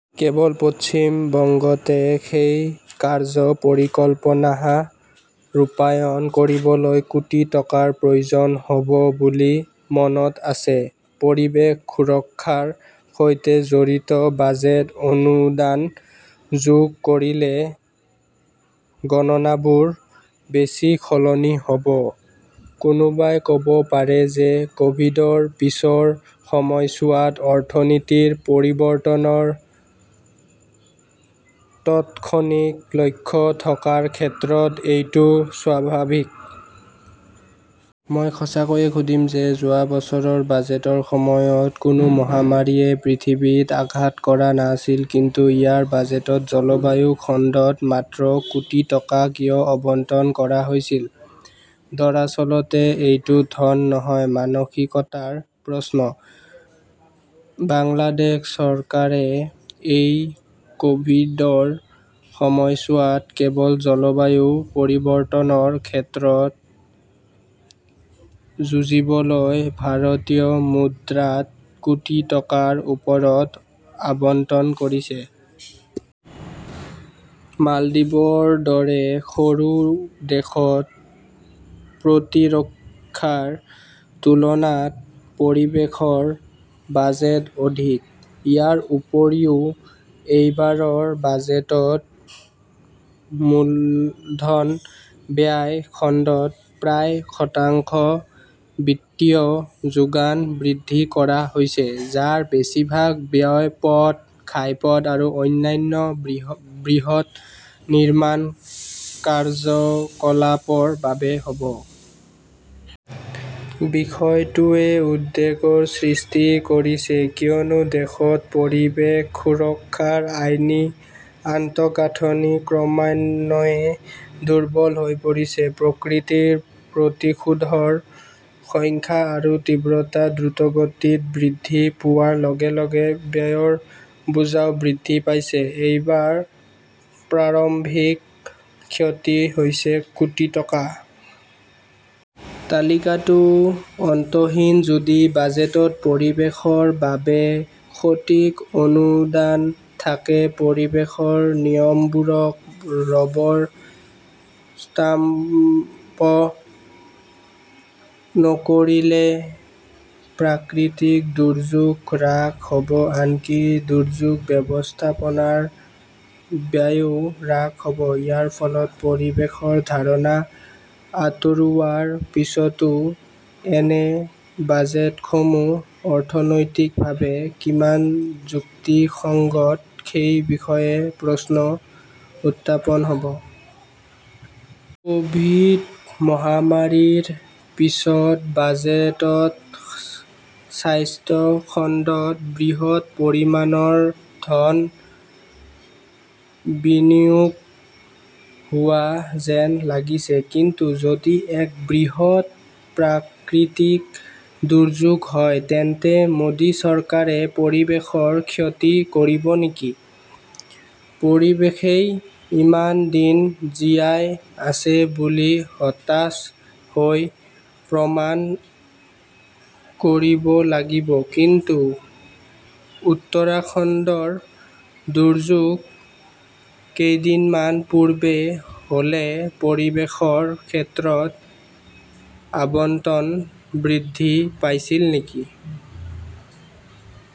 কেৱল পশ্চিম বংগতে সেই কাৰ্য্য পৰিকল্পনা ৰূপায়ণ কৰিবলৈ কোটি টকাৰ প্ৰয়োজন হ'ব বুলি মনত আছে। পৰিৱেশ সুৰক্ষাৰ সৈতে জড়িত বাজেট অনুদান যোগ কৰিলে গণনাবোৰ বেছি সলনি নহ 'ব। কোনোবাই ক'ব পাৰে যে ক'ভিডৰ পিছৰ সময়ছোৱাত অৰ্থনীতিৰ পৰিৱৰ্তনৰ তাৎক্ষণিক লক্ষ্য থকাৰ ক্ষেত্ৰত এইটো স্বাভাৱিক। মই সঁচাকৈয়ে সুধিম যে যোৱা বছৰৰ বাজেটৰ সময়ত কোনো মহামাৰীয়ে পৃথিৱীত আঘাত কৰা নাছিল কিন্তু ইয়াৰ বাজেটত জলবায়ু খণ্ডত মাত্ৰ কোটি টকা কিয় আবণ্টন কৰা হৈছিল? দৰাচলতে এইটো ধন নহয় মানসিকতাৰ প্ৰশ্ন। বাংলাদেশ চৰকাৰে এই ক'ভিডৰ সময়ছোৱাত কেৱল জলবায়ু পৰিৱৰ্তনৰ ক্ষেত্ৰত যুঁজিবলৈ ভাৰতীয় মুদ্ৰাত কোটি টকাৰ ওপৰত আবণ্টন কৰিছে। মালদ্বীপৰ দৰে সৰু দেশত প্ৰতিৰক্ষাৰ তুলনাত পৰিৱেশৰ বাজেট অধিক। ইয়াৰ উপৰিও এইবাৰৰ বাজেটত মূলধন ব্যয় খণ্ডত প্ৰায় শতাংশ বিত্তীয় যোগান বৃদ্ধি কৰা হৈছে, যাৰ বেছিভাগ ব্যয় পথ, ঘাইপথ আৰু অন্যান্য বৃহৎ নিৰ্মাণ কাৰ্যকলাপৰ বাবে হ' ব। বিষয়টোৱে উদ্বেগৰ সৃষ্টি কৰিছে, কিয়নো দেশত পৰিৱেশ সুৰক্ষাৰ আইনী আন্তঃগাঁথনি ক্ৰমান্বয়ে দুৰ্বল হৈ পৰিছে। প্ৰকৃতিৰ প্ৰতিশোধৰ সংখ্যা আৰু তীব্ৰতা দ্ৰুতগতিত বৃদ্ধি পোৱাৰ লগে- লগে ব্যয়ৰ বোজাও বৃদ্ধি পাইছে। এইবাৰ প্ৰাৰম্ভিক ক্ষতি হৈছে কোটি টকা। তালিকাটো অন্তহীন যদি বাজেটত পৰিৱেশৰ বাবে সঠিক অনুদান থাকে পৰিৱেশৰ নিয়মবোৰক ৰবৰ ষ্টাম্প নকৰিলে, প্ৰাকৃতিক দুৰ্যোগ হ্ৰাস হ 'ব আনকি দুৰ্যোগ ব্যৱস্থাপনাৰ ব্যয়ও হ্ৰাস হ' ব। ইয়াৰ ফলত পৰিৱেশৰ ধাৰণা আঁতৰোৱাৰ পিছতো এনে বাজেটসমূহ অৰ্থনৈতিকভাৱে কিমান যুক্তিসংগত সেই বিষয়ে প্ৰশ্ন উত্থাপন হ'ব। ক'ভিড মহামাৰীৰ পিছত বাজেটত স্বাস্থ্য খণ্ডত বৃহৎ পৰিমাণৰ ধন বিনিয়োগ হোৱা যেন লাগিছে কিন্তু যদি এক বৃহৎ প্ৰাকৃতিক দুৰ্যোগ হয় তেন্তে মোদী চৰকাৰে পৰিৱেশৰ ক্ষতি কৰিব নেকি? পৰিৱেশেই ইমান দিন জীয়াই আছে বুলি হতাশ হৈ প্ৰমাণ কৰিব লাগিব কিন্তু উত্তৰাখণ্ডৰ দুৰ্যোগ কেইদিনমান পূৰ্বে হ'লে পৰিৱেশৰ ক্ষেত্ৰত আবণ্টন বৃদ্ধি পাইছিল নেকি?